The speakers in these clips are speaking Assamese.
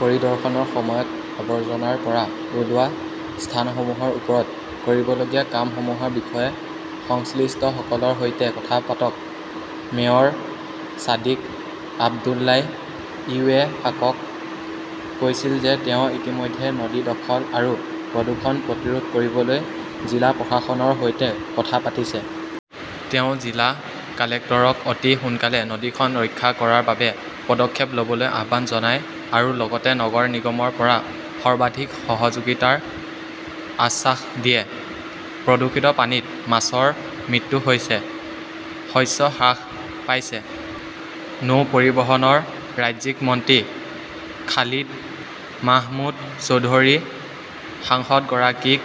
পৰিদৰ্শনৰ সময়ত আৱৰ্জনাৰ পৰা ওলোৱা স্থানসমূহৰ ওপৰত কৰিবলগীয়া কামসমূহৰ বিষয়ে সংশ্লিষ্টসকলৰ সৈতে কথা পাতক। মেয়ৰ ছাদিক আব্দুল্লাই ইত্তেফাকক কৈছিল যে তেওঁ ইতিমধ্যে নদী দখল আৰু প্ৰদূষণ প্ৰতিৰোধ কৰিবলৈ জিলা প্ৰশাসকৰ সৈতে কথা পাতিছে। তেওঁ জিলা কালেক্টৰক অতি সোনকালে নদীখন ৰক্ষা কৰাৰ বাবে পদক্ষেপ লবলৈ আহ্বান জনায় আৰু লগতে নগৰ নিগমৰ পৰা সৰ্বাধিক সহযোগিতাৰ আশ্বাস দিয়ে। প্ৰদূষিত পানীত মাছৰ মৃত্যু হৈছে, শস্য হ্ৰাস পাইছে। নৌ পৰিবহণৰ ৰাজ্যিক মন্ত্ৰী খালিদ মাহমুদ চৌধুৰী সাংসদগৰাকীক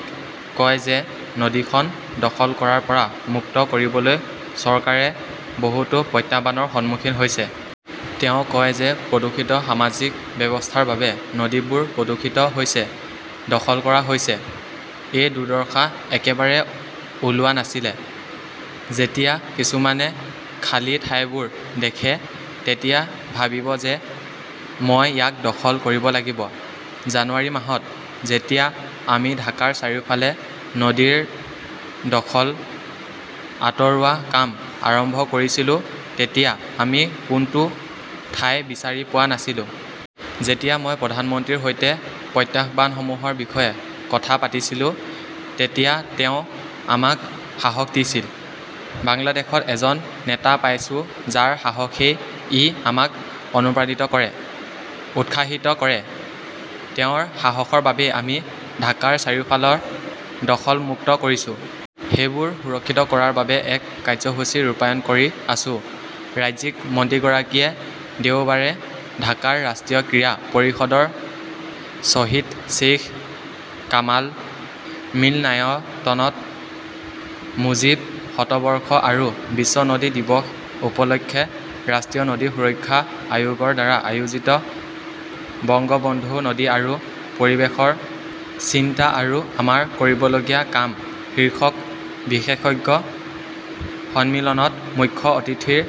কয় যে নদীখন দখল কৰাৰ পৰা মুক্ত কৰিবলৈ চৰকাৰে বহুতো প্ৰত্যাহ্বানৰ সন্মুখীন হৈছে। তেওঁ কয় যে প্ৰদূষিত সামাজিক ব্যৱস্থাৰ বাবে নদীবোৰ প্ৰদূষিত হৈছে, দখল কৰা হৈছে। এই দুৰ্দশা একেবাৰে ওলোৱা নাছিলে, যেতিয়া কিছুমানে খালী ঠাইবোৰ দেখে তেতিয়া ভাবিব যে মই ইয়াক দখল কৰিব লাগিব। জানুৱাৰী মাহত যেতিয়া আমি ঢাকাৰ চাৰিওফালে নদীৰ দখল আঁতৰোৱা কাম আৰম্ভ কৰিছিলো তেতিয়া আমি কোনটো ঠাই বিচাৰি পোৱা নাছিলো। যেতিয়া মই প্ৰধানমন্ত্ৰীৰ সৈতে প্ৰত্যাহ্বানসমূহৰ বিষয়ে কথা পাতিছিলোঁ, তেতিয়া তেওঁ আমাক সাহস দিছিল। বাংলাদেশত এজন নেতা পাইছো যাৰ সাহসেই ই আমাক অনুপ্ৰাণিত কৰে, উৎসাহিত কৰে। তেওঁৰ সাহসৰ বাবেই আমি ঢাকাৰ চাৰিওফালৰ দখল মুক্ত কৰিছো। সেইবোৰ সুৰক্ষিত কৰাৰ বাবে এক কাৰ্যসূচী ৰূপায়ণ কৰি আছো। ৰাজ্যিক মন্ত্ৰীগৰাকীয়ে দেওবাৰে ঢাকাৰ ৰাষ্ট্ৰীয় ক্ৰীড়া পৰিষদৰ শ্বহীদ শ্বেইখ কামাল মিলনায়তনত মুজীব শতবাৰ্ষ আৰু বিশ্ব নদী দিৱস উপলক্ষে ৰাষ্ট্ৰীয় নদী সুৰক্ষা আয়োগৰ দ্বাৰা আয়োজিত বঙ্গবন্ধু নদী আৰু পৰিৱেশৰ চিন্তা আৰু আমাৰ কৰিবলগীয়া কাম শীৰ্ষক বিশেষজ্ঞ সন্মিলনত মুখ্য অতিথিৰ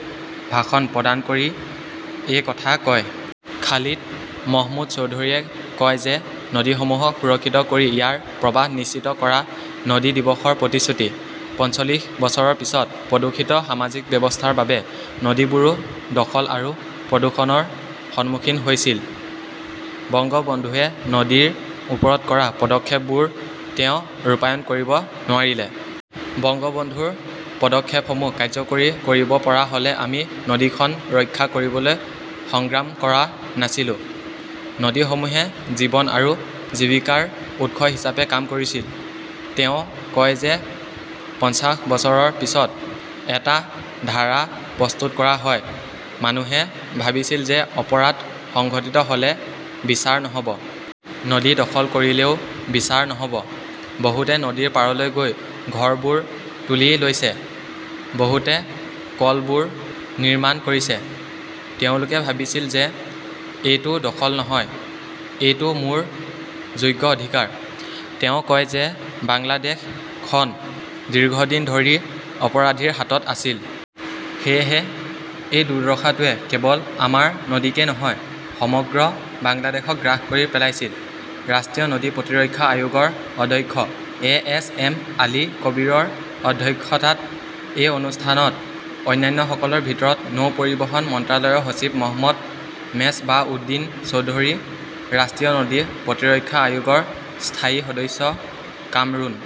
ভাষণ প্ৰদান কৰি এই কথা কয়। খালিদ মাহমুদ চৌধুৰীয়ে কয় যে নদীসমূহক সুৰক্ষিত কৰি ইয়াৰ প্ৰবাহ নিশ্চিত কৰা-নদী দিৱসৰ প্ৰতিশ্ৰুতি। পঞ্চচল্লিশ বছৰৰ পিছত প্ৰদূষিত সামাজিক ব্যৱস্থাৰ বাবে নদীবোৰো দখল আৰু প্ৰদূষণৰ সন্মুখীন হৈছিল। বংগবন্ধুৱে নদীৰ ওপৰত কৰা পদক্ষেপবোৰ তেওঁ ৰূপায়ণ কৰিব নোৱাৰিলে। বংগবন্ধুৰ পদক্ষেপসমূহ কাৰ্যকৰী কৰিব পৰা হ'লে আমি নদীখন ৰক্ষা কৰিবলৈ সংগ্ৰাম কৰা নাছিলো। নদীসমূহে জীৱন আৰু জীৱিকাৰ উৎস হিচাপে কাম কৰিছিল। তেওঁ কয় যে পঞ্চাশ বছৰৰ পিছত এটা ধাৰা প্ৰস্তুত কৰা হয়, মানুহে ভাবিছিল যে অপৰাধ সংঘটিত হ'লে বিচাৰ নহব। নদী দখল কৰিলেও বিচাৰ নহব। বহুতে নদীৰ পাৰলৈ গৈ ঘৰবোৰ তুলি লৈছে, বহুতে কলবোৰ নিৰ্মাণ কৰিছে। তেওঁলোকে ভাবিছিল যে এইটো দখল নহয়, এইটো মোৰ যোগ্য অধিকাৰ। তেওঁ কয় যে বাংলাদেশ খন দীৰ্ঘদিন ধৰি অপৰাধীৰ হাতত আছিল। সেয়েহে, এই দুৰ্দশাটোৱে কেৱল আমাৰ নদীকেই নহয়, সমগ্ৰ বাংলাদেশক গ্ৰাস কৰি পেলাইছিল । ৰাষ্ট্ৰীয় নদী প্ৰতিৰক্ষা আয়োগৰ অধ্যক্ষ এ. এছ. এম. আলী কবীৰৰ অধ্যক্ষতাত এই অনুষ্ঠানত অন্যান্যসকলৰ ভিতৰত নৌ পৰিবহণ মন্ত্ৰালয়ৰ সচিব মহম্মদ মেজবাহউদ্দিন চৌধুৰী, ৰাষ্ট্ৰীয় নদী প্ৰতিৰক্ষা আয়োগৰ স্থায়ী সদস্য কামৰুন